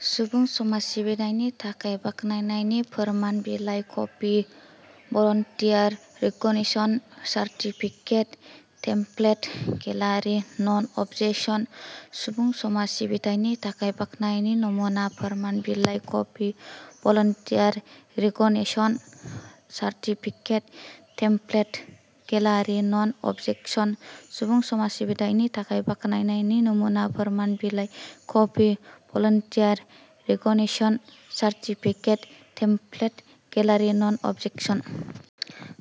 सुबुं समाज सिबिथायनि थाखाय बाख्नायनायनि फोरमान बिलाइ copy volunteer recognition certificate template गेलारि नन अबजेकसन। सुबुं समाज सिबिथायनि थाखाय बाख्नायनायनि नमुना फोरमान बिलाइ copy volunteer recognition certificate template गेलारि नन अबजेकसन। सुबुं समाज सिबिथायनि थाखाय बाख्नायनायनि नमुना फोरमान बिलाइ copy volunteer recognition certificate template गेलारि नन अबजेकसन।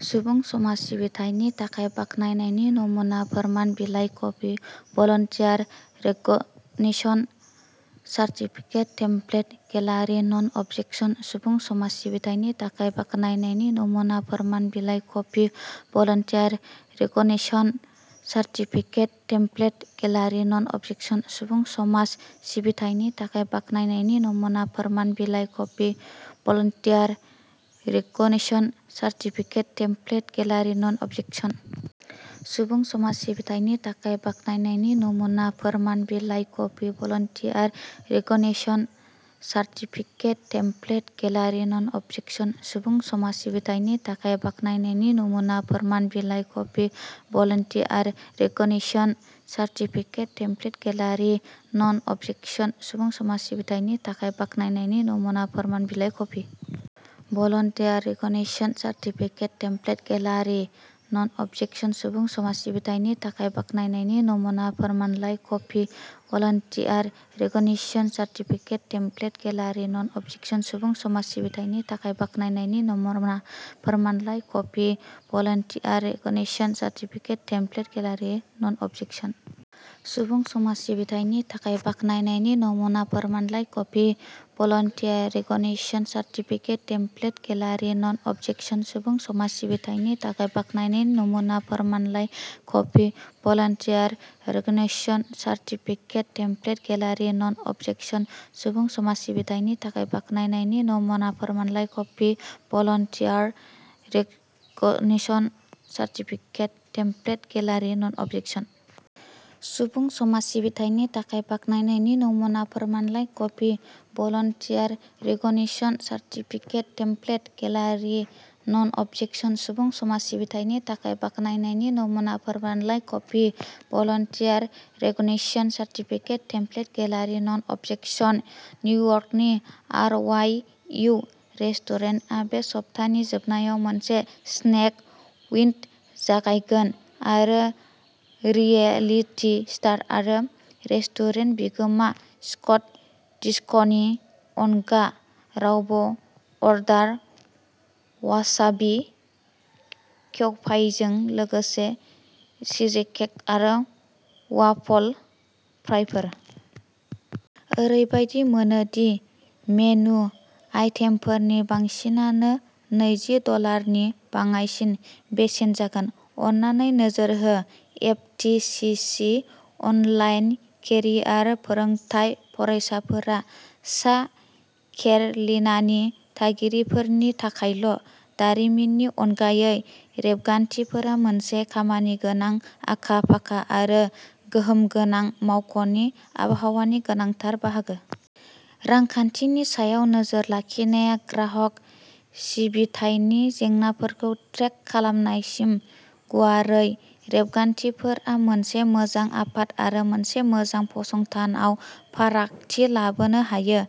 सुबुं समाज सिबिथायनि थाखाय बाख्नायनायनि नमुना फोरमान बिलाइ copy volunteer recognition certificate template गेलारि नन अबजेकसन। सुबुं समाज सिबिथायनि थाखाय बाख्नायनायनि नमुना फोरमान बिलाइ copy volunteer recognition certificate template गेलारि नन अबजेकसन। सुबुं समाज सिबिथायनि थाखाय बाख्नायनायनि नमुना फोरमान बिलाइ copy volunteer recognition certificate template गेलारि नन अबजेकसन। सुबुं समाज सिबिथायनि थाखाय बाख्नायनायनि नमुना फोरमान बिलाइ copy volunteer recognition certificate template गेलारि नन अबजेकसन। सुबुं समाज सिबिथायनि थाखाय बाख्नायनायनि नमुना फोरमान बिलाइ copy volunteer recognition certificate template गेलारि नन अबजेकसन। सुबुं समाज सिबिथायनि थाखाय बाख्नायनायनि नमुना फोरमान बिलाइ copy. Volunteer recognition certificate template गेलारि नन अबजेकसन। सुबुं समाज सिबिथायनि थाखाय बाख्नायनायनि नमुना फोरमानलाइ copy volunteer recognition certificate template गेलारि नन अबजेकसन। सुबुं समाज सिबिथायनि थाखाय बाख्नायनायनि नमुना फोरमानलाइ copy volunteer recognition certificate template गेलारि नन अबजेकसन। सुबुं समाज सिबिथायनि थाखाय बाख्नायनायनि नमुना फोरमानलाइ copy volunteer recognition certificate template गेलारि नन अबजेकसन। सुबुं समाज सिबिथायनि थाखाय बाख्नायनायनि नमुना फोरमानलाइ copy volunteer recognition certificate template गेलारि नन अबजेकसन। सुबुं समाज सिबिथायनि थाखाय बाख्नायनायनि नमुना फोरमानलाइ copy volunteer recognition certificate template गेलारि नन अबजेकसन। सुबुं समाज सिबिथायनि थाखाय बाख्नायनायनि नमुना फोरमानलाइ copy volunteer recognition certificate template गेलारि नन अबजेकसन। सुबुं समाज सिबिथायनि थाखाय बाख्नायनायनि नमुना फोरमानलाइ copy volunteer recognition certificate template गेलारि नन अबजेकसन। निउयर्कनि आर वाइ इउ रेस्टुरेन्टआ बे सप्तानि जोबनायाव मोनसे स्नेक उइन्ड' जागायगोन आरो रियेलिटि स्टार आरो रेस्टुरेन्ट बिगोमा स्कट डिस्कनि अनगा रावबो अर्डार वासाबी केउपाइजों लोगोसे चीजकेक आरो वाफल फ्राइफोर। ओरैबायदि मोनो दि मेनु आइटेमफोरनि बांसिनानो नैजि डलारनि बाङाइसिन बेसेन जागोन। अन्नानै नोजोर हो F T C C online career फोरोंथाय फरायफारिफोरा सा केर'लिनानि थागिरिफोरनि थाखायल'। दारिमिननि अनगायै, रेबगान्थिफोरा मोनसे खामानिगोनां, आखा-फाखा आरो गोहोम गोनां मावख'नि आबहावानि गोनांथार बाहागो। रांखान्थिनि सायाव नोजोर लाखिनाया ग्राहक सिबिथायनि जेंनाफोरखौ ट्रेक खालामनायसिम, गुवारै रेबगान्थिफोरा मोनसे मोजां आफाद आरो मोनसे मोजां फसंथानाव फारागथि लाबोनो हायो।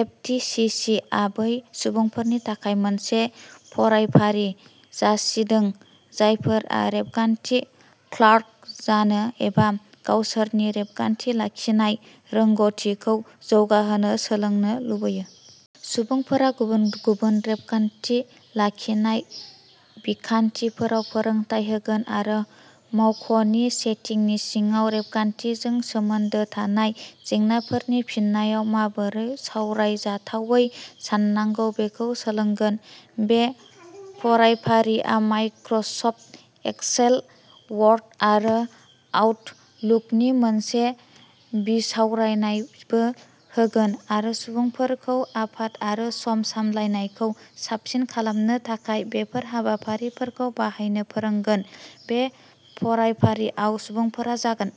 एफ टि सि सि आ बै सुबुंफोरनि थाखाय मोनसे फरायफारि जासिदों जायफोरा रेबगान्थि क्लार्क जानो एबा गावसोरनि रेबगान्थि लाखिनाय रोंग'थिखौ जौगाहोनो सोलोंनो लुबैयो। सुबुंफोरा गुबुन-गुबुन रेबगान्थि लाखिनाय बिखान्थिफोराव फोरोंथाय होगोन आरो मावख'नि सेटिंनि सिङाव रेबगान्थिजों सोमोन्दो थानाय जेंनाफोरनि फिननायाव माबोरै सावरायजाथावै साननांगौ बेखौ सोलोंगोन। बे फरायफारिआ माइक्र'सफ्ट एक्सेल, वर्ड आरो आउटलुकनि मोनसे बिसावरायनायबो होगोन आरो सुबुंफोरखौ आफाद आरो सम सामलायनायखौ साबसिन खालामनो थाखाय बेफोर हाबाफारिफोरखौ बाहायनो फोरोंगोन। बे फरायफारिआव सुबुंफोरा जागोन।